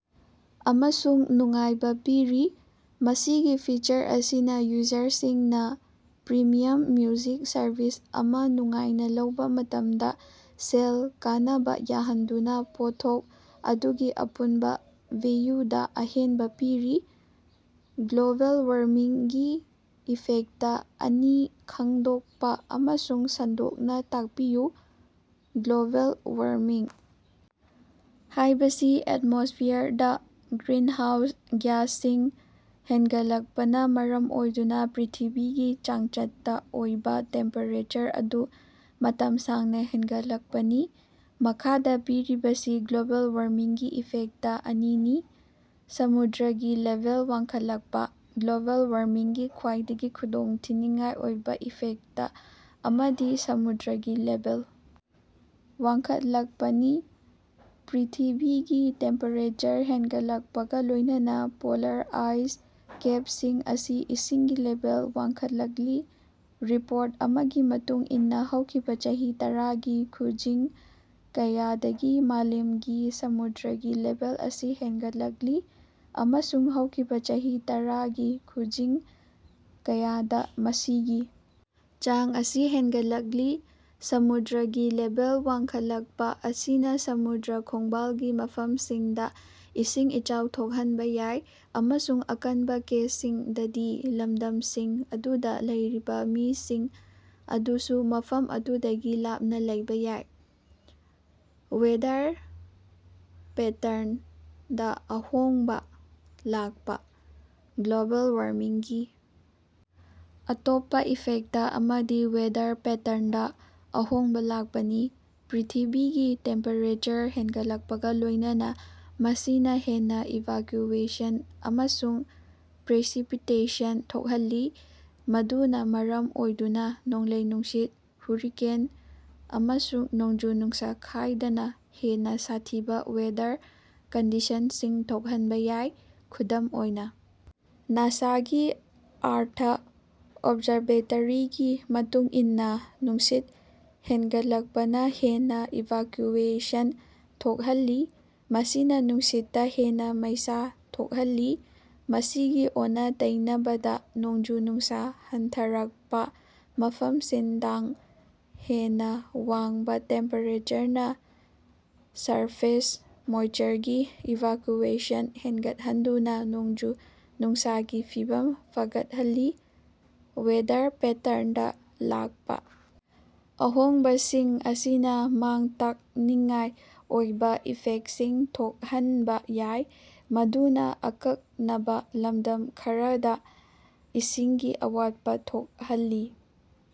ꯑꯃꯁꯨꯡ ꯅꯨꯡꯉꯥꯏꯕ ꯄꯤꯔꯤ꯫ ꯃꯁꯤꯒꯤ ꯐꯤꯆꯔ ꯑꯁꯤꯅ ꯌꯨꯖꯔꯁꯤꯡꯅ ꯄ꯭ꯔꯤꯃꯤꯌꯥꯝ ꯃ꯭ꯌꯨꯖꯤꯛ ꯁꯔꯚꯤꯁ ꯑꯃ ꯅꯨꯡꯉꯥꯏꯅ ꯂꯧꯕ ꯃꯇꯝꯗ ꯁꯦꯜ ꯀꯥꯅꯕ ꯌꯥꯍꯟꯗꯨꯅ ꯄꯣꯠꯊꯣꯛ ꯑꯗꯨꯒꯤ ꯑꯄꯨꯟꯕ ꯚꯦꯌꯨꯗ ꯑꯍꯦꯟꯕ ꯄꯤꯔꯤ꯫ ꯒ꯭ꯂꯣꯕꯦꯜ ꯋꯥꯔꯃꯤꯡꯒꯤ ꯏꯐꯦꯛꯇ ꯑꯅꯤ ꯈꯪꯗꯣꯛꯄ ꯑꯃꯁꯨꯡ ꯁꯟꯗꯣꯛꯅ ꯇꯥꯛꯄꯤꯌꯨ꯫ ꯒ꯭ꯂꯣꯕꯦꯜ ꯋꯥꯔꯃꯤꯡ ꯍꯥꯏꯕꯁꯤ ꯑꯦꯠꯃꯣꯁ꯭ꯐꯤꯌꯔꯗ ꯒ꯭ꯔꯤꯟꯍꯥꯎꯁ ꯒ꯭ꯌꯥꯁꯁꯤꯡ ꯍꯦꯟꯒꯠꯂꯛꯄꯅ ꯃꯔꯝ ꯑꯣꯏꯗꯨꯅ ꯄ꯭ꯔꯤꯊꯤꯕꯤꯒꯤ ꯆꯥꯡꯆꯠꯇ ꯑꯣꯏꯕ ꯇꯦꯝꯄꯦꯔꯦꯆꯔ ꯑꯗꯨ ꯃꯇꯝ ꯁꯥꯡꯅ ꯍꯦꯟꯒꯠꯂꯛꯄꯅꯤ꯫ ꯃꯈꯥꯗ ꯄꯤꯔꯤꯕꯁꯤ ꯒ꯭ꯂꯣꯕꯦꯜ ꯋꯥꯔꯃꯤꯡꯒꯤ ꯏꯐꯦꯛꯇ ꯑꯅꯤꯅꯤ: ꯁꯃꯨꯗ꯭ꯔꯒꯤ ꯂꯦꯚꯦꯜ ꯋꯥꯡꯈꯠꯂꯛꯄ: ꯒ꯭ꯂꯣꯕꯦꯜ ꯋꯥꯔꯃꯤꯡꯒꯤ ꯈ꯭ꯋꯥꯏꯗꯒꯤ ꯈꯨꯗꯣꯡꯊꯤꯅꯤꯉꯥꯏ ꯑꯣꯏꯕ ꯏꯐꯦꯛꯇ ꯑꯃꯗꯤ ꯁꯃꯨꯗ꯭ꯔꯒꯤ ꯂꯦꯚꯦꯜ ꯋꯥꯡꯈꯠꯂꯛꯄꯅꯤ꯫ ꯄ꯭ꯔꯤꯊꯤꯕꯤꯒꯤ ꯇꯦꯝꯄꯦꯔꯦꯆꯔ ꯍꯦꯟꯒꯠꯂꯛꯄꯒ ꯂꯣꯏꯅꯅ ꯄꯣꯂꯥꯔ ꯑꯥꯏꯁ ꯀꯦꯞꯁꯤꯡ ꯑꯁꯤ ꯏꯁꯤꯡꯒꯤ ꯂꯦꯚꯦꯜ ꯋꯥꯡꯈꯠꯂꯛꯂꯤ꯫ ꯔꯤꯄꯣꯔꯠ ꯑꯃꯒꯤ ꯃꯇꯨꯡ ꯏꯟꯅ ꯍꯧꯈꯤꯕ ꯆꯍꯤ ꯇꯔꯥꯒꯤ ꯈꯨꯖꯤꯡ ꯀꯌꯥꯗꯒꯤ ꯃꯥꯂꯦꯝꯒꯤ ꯁꯃꯨꯗ꯭ꯔꯒꯤ ꯂꯦꯚꯦꯜ ꯑꯁꯤ ꯍꯦꯟꯒꯠꯂꯛꯂꯤ, ꯑꯃꯁꯨꯡ ꯍꯧꯈꯤꯕ ꯆꯍꯤ ꯇꯔꯥꯒꯤ ꯈꯨꯖꯤꯡ ꯀꯌꯥꯗ ꯃꯁꯤꯒꯤ ꯆꯥꯡ ꯑꯁꯤ ꯍꯦꯟꯒꯠꯂꯛꯂꯤ꯫ ꯁꯃꯨꯗ꯭ꯔꯒꯤ ꯂꯦꯚꯦꯜ ꯋꯥꯡꯈꯠꯂꯛꯄ ꯑꯁꯤꯅ ꯁꯃꯨꯗ꯭ꯔ ꯈꯣꯡꯕꯥꯜꯒꯤ ꯃꯐꯝꯁꯤꯡꯗ ꯏꯁꯤꯡ ꯏꯆꯥꯎ ꯊꯣꯛꯍꯟꯕ ꯌꯥꯏ, ꯑꯃꯁꯨꯡ ꯑꯀꯟꯕꯥ ꯀꯦꯁꯁꯤꯡꯗꯗꯤ, ꯂꯝꯗꯝꯁꯤꯡ ꯑꯗꯨꯗ ꯂꯩꯔꯤꯕ ꯃꯤꯁꯤꯡ ꯑꯗꯨꯁꯨ ꯃꯐꯝ ꯑꯗꯨꯗꯒꯤ ꯂꯥꯞꯅ ꯂꯩꯕ ꯌꯥꯏ꯫ ꯋꯦꯗꯔ ꯄꯦꯇꯔꯟꯗ ꯑꯍꯣꯡꯕ ꯂꯥꯛꯄ: ꯒ꯭ꯂꯣꯕꯦꯜ ꯋꯥꯔꯃꯤꯡꯒꯤ ꯑꯇꯣꯞꯄ ꯏꯐꯦꯛꯇ ꯑꯃꯗꯤ ꯋꯦꯗꯔ ꯄꯦꯇꯔꯟꯗ ꯑꯍꯣꯡꯕ ꯂꯥꯛꯄꯅꯤ꯫ ꯄ꯭ꯔꯤꯊꯤꯕꯤꯒꯤ ꯇꯦꯝꯄꯦꯔꯦꯆꯔ ꯍꯦꯟꯒꯠꯂꯛꯄꯒ ꯂꯣꯏꯅꯅ ꯃꯁꯤꯅ ꯍꯦꯟꯅ ꯏꯚꯥꯀ꯭ꯌꯨꯑꯦꯁꯟ ꯑꯃꯁꯨꯡ ꯄ꯭ꯔꯦꯁꯤꯄꯤꯇꯦꯁꯟ ꯊꯣꯛꯍꯜꯂꯤ, ꯃꯗꯨꯅ ꯃꯔꯝ ꯑꯣꯏꯗꯨꯅ ꯅꯣꯡꯂꯩ-ꯅꯨꯡꯁꯤꯠ, ꯍꯨꯔꯤꯀꯦꯟ, ꯑꯃꯁꯨꯡ ꯅꯣꯡꯖꯨ-ꯅꯨꯡꯁꯥ ꯈꯥꯏꯗꯅ ꯍꯦꯟꯅ ꯁꯥꯊꯤꯕ ꯋꯦꯗꯔ ꯀꯟꯗꯤꯁꯟꯁꯤꯡ ꯊꯣꯛꯍꯟꯕ ꯌꯥꯏ꯫ ꯈꯨꯗꯝ ꯑꯣꯏꯅ, ꯅꯥꯁꯥꯒꯤ ꯑꯥꯔꯊ ꯑꯣꯕꯖꯔꯕꯦꯇꯔꯤꯒꯤ ꯃꯇꯨꯡ ꯏꯟꯅ, ꯅꯨꯡꯁꯤꯠ ꯍꯦꯟꯒꯠꯂꯛꯄꯅ ꯍꯦꯟꯅ ꯏꯚꯥꯀ꯭ꯌꯨꯑꯦꯁꯟ ꯊꯣꯛꯍꯜꯂꯤ, ꯃꯁꯤꯅ ꯅꯨꯡꯁꯤꯠꯇ ꯍꯦꯟꯅ ꯃꯩꯁꯥ ꯊꯣꯛꯍꯜꯂꯤ꯫ ꯃꯁꯤꯒꯤ ꯑꯣꯟꯅ-ꯇꯩꯅꯕꯗ, ꯅꯣꯡꯖꯨ-ꯅꯨꯡꯁꯥ ꯍꯟꯊꯔꯛꯄ ꯃꯐꯝꯁꯤꯡꯗꯥꯡ, ꯍꯦꯟꯅ ꯋꯥꯡꯕ ꯇꯦꯝꯄꯦꯔꯦꯆꯔꯅ ꯁꯔꯐꯦꯁ ꯃꯣꯏꯁꯆꯔꯒꯤ ꯏꯚꯥꯀ꯭ꯌꯨꯑꯦꯁꯟ ꯍꯦꯟꯒꯠꯍꯟꯗꯨꯅ ꯅꯣꯡꯖꯨ-ꯅꯨꯡꯁꯥꯒꯤ ꯐꯤꯚꯝ ꯐꯒꯠꯍꯜꯂꯤ꯫ ꯋꯦꯗꯔ ꯄꯦꯇꯔꯟꯗ ꯂꯥꯛꯄ ꯑꯍꯣꯡꯕꯁꯤꯡ ꯑꯁꯤꯅ ꯃꯥꯡ-ꯇꯥꯛꯅꯤꯡꯉꯥꯏ ꯑꯣꯏꯕ ꯏꯐꯦꯛꯇꯁꯤꯡ ꯊꯣꯛꯍꯟꯕ ꯌꯥꯏ, ꯃꯗꯨꯅ ꯑꯀꯛꯅꯕ ꯂꯝꯗꯝ ꯈꯔꯗ ꯏꯁꯤꯡꯒꯤ ꯑꯋꯥꯠꯄꯥ ꯊꯣꯛꯍꯜꯂꯤ꯫